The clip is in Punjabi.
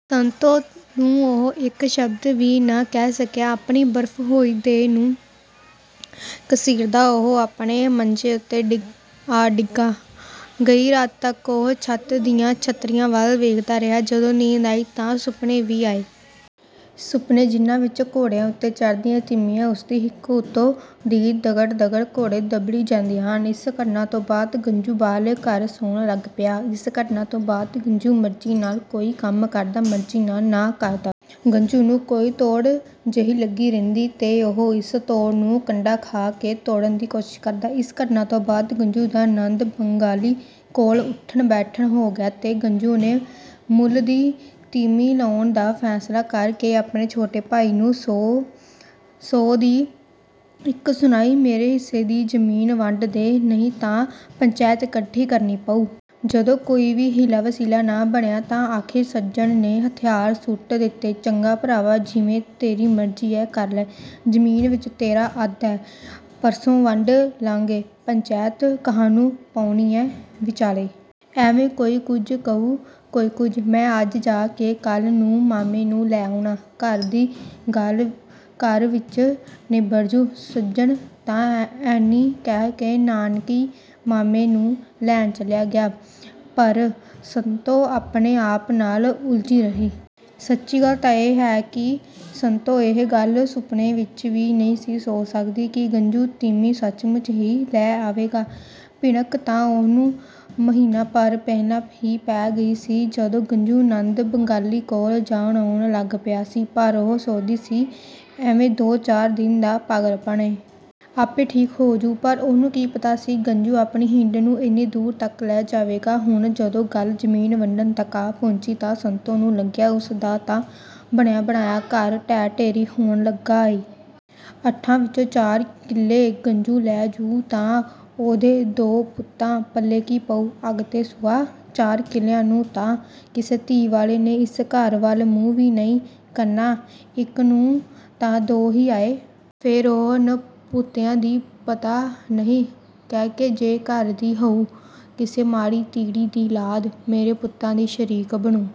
ਸੰਤੋ ਨੂੰ ਉਹ ਇੱਕ ਸ਼ਬਦ ਵੀ ਨਾ ਕਹਿ ਸਕਿਆ। ਆਪਣੀ ਬਰਫ਼ ਹੋਈ ਦੇਹ ਨੂੰ ਘਸੀਟਦਾ ਉਹ ਆਪਣੇ ਮੰਜੇ ਉੱਤੇ ਆ ਡਿੱਗਾ। ਗਈ ਰਾਤ ਤੱਕ ਉਹ ਛੱਤ ਦੀਆਂ ਛਤੀਰੀਆਂ ਵੱਲ ਵੇਖਦਾ ਰਿਹਾ। ਜਦੋਂ ਨੀਂਦ ਆਈ ਤਾਂ ਸੁਪਨੇ ਵੀ ਆਏ। ਸੁਪਨੇ, ਜਿਨ੍ਹਾਂ ਵਿੱਚ ਘੋੜਿਆਂ ਉੱਤੇ ਚੜ੍ਦੀਆਂ ਤੀਮੀਆਂ, ਉਸ ਦੀ ਹਿੱਕ ਉੱਤੋਂ ਦੀ ਦਗੜ-ਦਗੜ ਘੋੜੇ ਦਬੱਲੀ ਜਾਂਦੀਆਂ ਹਨ। ਇਸ ਘਟਨਾ ਤੋਂ ਬਾਅਦ ਗੰਜੂ ਬਾਹਰਲੇ ਘਰ ਸੌਣ ਲੱਗ ਪਿਆ। ਇਸ ਘਟਨਾ ਤੋਂ ਬਾਅਦ ਗੰਜੂ ਮਰਜ਼ੀ ਨਾਲ ਕੋਈ ਕੰਮ ਕਰਦਾ, ਮਰਜ਼ੀ ਨਾਲ ਨਾ ਕਰਦਾ। ਗੰਜੂ ਨੂੰ ਕੋਈ ਤੋੜ ਜਿਹੀ ਲੱਗੀ ਰਹਿੰਦੀ ਤੇ ਉਹ ਇਸ ਤੋੜ ਨੂੰ ਕੰਡਾ ਖਾ ਕੇ ਤੋੜਨ ਦੀ ਕੋਸ਼ਿਸ਼ ਕਰਦਾ। ਇਸ ਘਟਨਾ ਤੋਂ ਬਾਅਦ ਗੰਜੂ ਦਾ ਨੰਦ ਬੰਗਾਲੀ ਕੋਲ ਉੱਠਣ-ਬੈਠਣ ਹੋ ਗਿਆ ਤੇ ਗੰਜੂ ਨੇ ਮੁੱਲ ਦੀ ਤੀਮੀਂ ਲਿਆਉਣ ਦਾ ਫ਼ੈਸਲਾ ਕਰ ਕੇ ਆਪਣੇ ਛੋਟੇ ਭਾਈ ਨੂੰ ਸੌ ਦੀ ਇੱਕ ਸੁਣਾਈ, “ਮੇਰੇ ਹਿੱਸੇ ਦੀ ਜ਼ਮੀਨ ਵੰਡ ਦੇਹ, ਨਹੀਂ ਤਾਂ ਪੰਚੈਤ ਇਕੱਠੀ ਕਰਨੀ ਪਊ।” ਜਦੋਂ ਕੋਈ ਵੀ ਹੀਲਾ-ਵਸੀਲਾ ਨਾ ਬਣਿਆ ਤਾਂ ਅਖ਼ੀਰ ਸੱਜਣ ਨੇ ਹਥਿਆਰ ਸੁੱਟ ਦਿੱਤੇ। “ਚੰਗਾ ਭਰਾਵਾ, ਜਿਵੇਂ ਤੇਰੀ ਮਰਜ਼ੀ ਐ, ਕਰ ਲੈ। ਜ਼ਮੀਨ ਵਿੱਚ ਤੇਰਾ ਅੱਧ ਐ। ਪਰਸੋਂ ਵੰਡ ਲਾਂਗੇ। ਪੰਚੈਤ ਕਾਹਨੂੰ ਪਾਉਣੀ ਐ ਵਿਚਾਲੇ। ਐਵੇਂ ਕੋਈ ਕੁਝ ਕਹੂ, ਕੋਈ ਕੁਝ। ਮੈਂ ਅੱਜ ਜਾ ਕੇ ਕੱਲ੍ਹ ਨੂੰ ਮਾਮੇ ਨੂੰ ਲੈ ਆਉਣਾ। ਘਰ ਦੀ ਗੱਲ ਘਰ ਵਿੱਚ ਨਿਬੜ ਜੂ।” ਸੱਜਣ ਤਾਂ ਐਨੀ ਕਹਿ ਕੇ ਨਾਨਕੀਂ ਮਾਮੇ ਨੂੰ ਲੈਣ ਚਲਿਆ ਗਿਆ, ਪਰ ਸੰਤੋ ਆਪਣੇ ਆਪ ਨਾਲ ਉਲਝੀ ਰਹੀ। ਸੱਚੀ ਗੱਲ ਤਾਂ ਇਹ ਹੈ ਕਿ ਸੰਤੋ ਇਹ ਗੱਲ ਸੁਪਨੇ ਵਿੱਚ ਵੀ ਨਹੀਂ ਸੀ ਸੋਚ ਸਕਦੀ ਕਿ ਗੰਜੂ ਤੀਮੀਂ ਸੱਚਮੁੱਚ ਹੀ ਲੈ ਆਵੇਗਾ। ਭਿਣਕ ਤਾਂ ਉਹਨੂੰ ਮਹੀਨਾ ਭਰ ਪਹਿਲਾਂ ਹੀ ਪੈ ਗਈ ਸੀ, ਜਦੋਂ ਗੰਜੂ ਨੰਦ ਬੰਗਾਲੀ ਕੋਲ ਜਾਣ-ਆਉਣ ਲੱਗ ਪਿਆ ਸੀ, ਪਰ ਉਹ ਸੋਚਦੀ ਸੀ, “ਐਵੇਂ ਦੋ-ਚਾਰ ਦਿਨ ਦਾ ਪਾਲਗਪਣ ਐ। ਆਪੇ ਠੀਕ ਹੋ ਜੂ।” ਪਰ ਉਹਨੂੰ ਕੀ ਪਤਾ ਸੀ, ਗੰਜੂ ਆਪਣੀ ਹਿੰਡ ਨੂੰ ਐਨੀ ਦੂਰ ਤੱਕ ਲੈ ਜਾਵੇਗਾ। ਹੁਣ ਜਦੋਂ ਗੱਲ ਜ਼ਮੀਨ ਵੰਡਣ ਤੱਕ ਆ ਪਹੁੰਚੀ ਤਾਂ ਸੰਤੋ ਨੂੰ ਲੱਗਿਆ, ਉਸ ਦਾ ਤਾਂ ਬਣਿਆ-ਬਣਾਇਆ ਘਰ ਢਹਿ-ਢੇਰੀ ਹੋਣ ਲੱਗਾ ਐ। ਅੱਠਾਂ ਵਿੱਚੋਂ ਚਾਰ ਕਿਲੇ ਗੰਜੂ ਲੈ ਜੂ ਤਾਂ ਉਹਦੇ ਦੋ ਪੁੱਤਾਂ ਪੱਲੇ ਕੀ ਪਊ? ਅੱਗ ਤੇ ਸੁਆਹ? ਚਾਰ ਕਿੱਲਿਆਂ ਨੂੰ ਤਾਂ ਕਿਸੇ ਧੀ ਵਾਲੇ ਨੇ ਇਸ ਘਰ ਵੱਲ ਮੂੰਹ ਵੀ ਨਹੀਂ ਕਰਨਾ। ਇੱਕ ਨੂੰ ਤਾਂ ਦੋ ਹੀ ਆਏ। ਫਿਰ ਉਹ ਨਪੁੱਤਿਆਂ ਦੀ ਪਤਾ ਨਹੀਂ ਕੈਹਕੇ ਜੇ ਘਰ ਦੀ ਹੋਊ। ਕਿਸੇ ਮਾੜੀ-ਧੀੜੀ ਦੀ ਲਾਦ ਮੇਰੇ ਪੁੱਤਾਂ ਦੀ ਸ਼ਰੀਕ ਬਣੂੰ।